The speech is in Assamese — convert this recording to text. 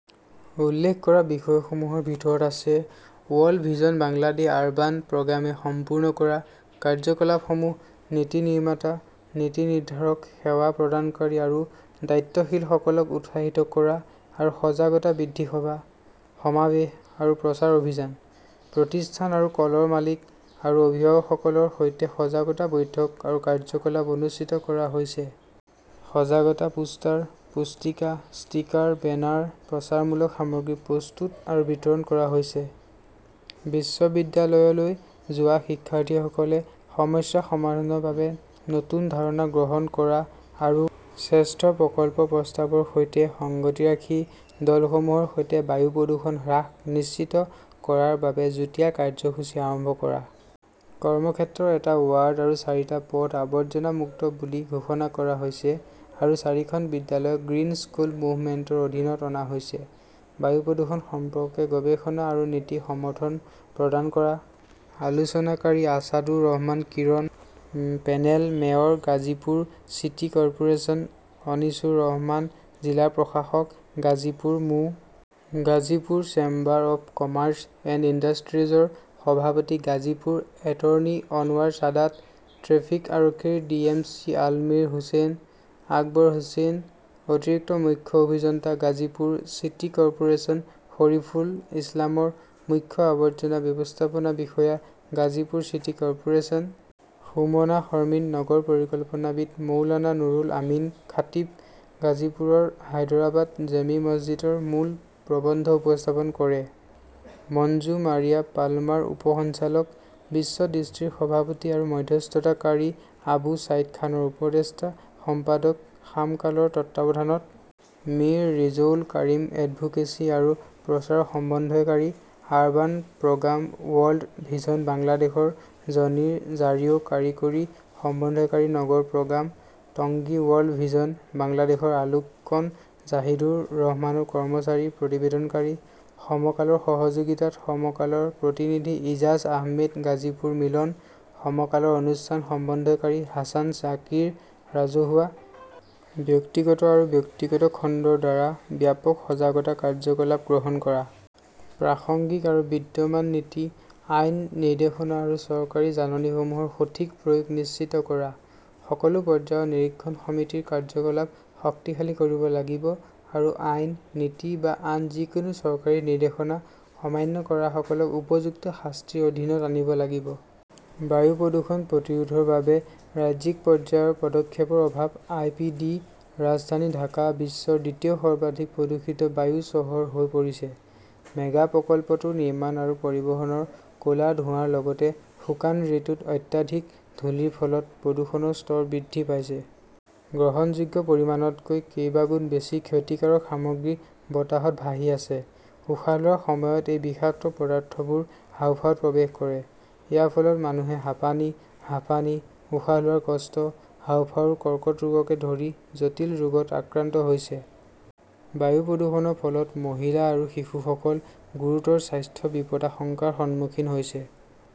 উল্লেখ কৰা বিষয়সমূহৰ ভিতৰত আছে ৱৰ্ল্ড ভিজন বাংলাদেশ আৰবান প্ৰগ্ৰামে সম্পূৰ্ণ কৰা কাৰ্যকলাপসমূহ-নীতি নিৰ্মাতা, নীতি নিৰ্ধাৰক, সেৱা প্ৰদানকাৰী আৰু দায়িত্বশীলসকলক উৎসাহিত কৰা আৰু সজাগতা বৃদ্ধি সভা, সমাৱেশ আৰু প্ৰচাৰ অভিযান। প্ৰতিষ্ঠান আৰু কলৰ মালিক আৰু অভিভাৱকসকলৰ সৈতে সজাগতা বৈঠক আৰু কাৰ্যকলাপ অনুষ্ঠিত কৰা হৈছে। সজাগতা পোষ্টাৰ, পুস্তিকা, ষ্টিকাৰ, বেনাৰ, প্ৰচাৰমূলক সামগ্ৰী প্ৰস্তুত আৰু বিতৰণ কৰা হৈছে। বিশ্ববিদ্যালয়লৈ যোৱা শিক্ষাৰ্থীসকলে সমস্যা সমাধানৰ বাবে নতুন ধাৰণা গ্ৰহণ কৰা আৰু শ্ৰেষ্ঠ প্ৰকল্প প্ৰস্তাৱৰ সৈতে সংগতি ৰাখি দলসমূহৰ সৈতে বায়ু প্ৰদূষণ হ্ৰাস নিশ্চিত কৰাৰ বাবে যুটীয়া কাৰ্যসূচী আৰম্ভ কৰা। কৰ্মক্ষেত্ৰৰ এটা ৱাৰ্ড আৰু চাৰিটা পথ আবৰ্জনা-মুক্ত বুলি ঘোষণা কৰা হৈছে আৰু চাৰিখন বিদ্যালয়ক গ্ৰীণ স্কুল মুভমেণ্টৰ অধীনত অনা হৈছে। বায়ু প্ৰদূষণ সম্পৰ্কে গৱেষণা আৰু নীতি সমৰ্থন প্ৰদান কৰা। আলোচনাকাৰী Asadur Rahman Kiran panel mayor Gazipur city corporation Anisur Rahman, জিলা প্ৰশাসক, গাজীপুৰ মো. Gazipur chamber of commerce and ইণ্ডাষ্ট্ৰীজৰ সভাপতি গাজীপুৰ এটৰ্নী অনৱাৰ ছাদাত, ট্ৰেফিক আৰক্ষীৰ ডিএমচি আলমিৰ হোসেন। আকবৰ হুছেইন অতিৰিক্ত মুখ্য অভিযন্তা গাজীপুৰ চিটি কৰ্পোৰেচন শৰিফুল ইছলামৰ মুখ্য আৱৰ্জনা ব্যৱস্থাপনা বিষয়া গাজীপুৰ চিটি কৰ্পোৰেচন সুমনা শৰ্মিন নগৰ পৰিকল্পনাবিদ মৌলানা নুৰুল আমিন খাটিব গাজীপুৰৰ হায়দৰাবাদ জেমি মছজিদৰ মূল প্ৰবন্ধ উপস্থাপন কৰে মঞ্জু মাৰিয়া পালমাৰ উপ সঞ্চালক, বিশ্ব দৃষ্টিৰ সভাপতি আৰু মধ্যস্থতাকাৰী আবু ছাইদ খানৰ উপদেষ্টা সম্পাদক সামকালৰ তত্বাৱধানত মিৰ ৰিজৌল কাৰিম এডভোকেচি আৰু প্ৰচাৰৰ সমন্বয়কাৰী, আৰবান প্ৰগ্ৰাম ৱৰ্ল্ড ভিজন বাংলাদেশৰ জনি ৰ 'জাৰিঅ' কাৰিকৰী সমন্বয়কাৰী নগৰ প্ৰগ্ৰাম, টংগী ৱৰ্ল্ড ভিজন বাংলাদেশৰ আলোকন জাহিদুৰ ৰহমানৰ কৰ্মচাৰী প্ৰতিবেদনকাৰী, সমকালৰ সহযোগিতাত সমকালৰ প্ৰতিনিধি ইজাজ আহমেদ গাজীপুৰ মিলন, সমকালৰ অনুষ্ঠান সমন্বয়কাৰী হাছান জাকিৰ ৰাজহুৱা, ব্যক্তিগত আৰু ব্যক্তিগত খণ্ডৰ দ্বাৰা ব্যাপক সজাগতা কাৰ্যকলাপ গ্ৰহণ কৰা। প্ৰাসংগিক আৰু বিদ্যমান নীতি, আইন, নিৰ্দেশনা আৰু চৰকাৰী জাননীসমূহৰ সঠিক প্ৰয়োগ নিশ্চিত কৰা। সকলো পৰ্যায়ৰ নিৰীক্ষণ সমিতিৰ কাৰ্য্যকলাপ শক্তিশালী কৰিব লাগিব আৰু আইন, নীতি বা আন যিকোনো চৰকাৰী নিৰ্দেশনা অমান্য কৰাসকলক উপযুক্ত শাস্তিৰ অধীনত আনিব লাগিব। বায়ু প্ৰদূষণ প্ৰতিৰোধৰ বাবে ৰাজ্যিক পৰ্যায়ৰ পদক্ষেপৰ অভাৱ আই পি ডি ৰাজধানী ঢাকা বিশ্বৰ দ্বিতীয় সৰ্বাধিক প্ৰদূষিত বায়ু চহৰ হৈ পৰিছে। মেগা প্ৰকল্পটোৰ নিৰ্মাণ আৰু পৰিবহণৰ ক’লা ধোঁৱাৰ লগতে শুকান ঋতুত অত্যাধিক ধূলিৰ ফলত প্ৰদূষণৰ স্তৰ বৃদ্ধি পাইছে। গ্ৰহণযোগ্য পৰিমাণতকৈ কেইবাগুণ বেছি ক্ষতিকাৰক সামগ্ৰী বতাহত ভাহি আছে। উশাহ লোৱাৰ সময়ত এই বিষাক্ত পদাৰ্থবোৰ হাঁওফাঁওত প্ৰৱেশ কৰে। ইয়াৰ ফলত মানুহে হাঁপানি, হাঁপানি, উশাহ লোৱাৰ কষ্ট, হাঁওফাঁওৰ কৰ্কট ৰোগকে ধৰি জটিল ৰোগত আক্ৰান্ত হৈছে। বায়ু প্ৰদূষণৰ ফলত মহিলা আৰু শিশুসকল গুৰুতৰ স্বাস্থ্য বিপদাশংকাৰ সন্মুখীন হৈছে।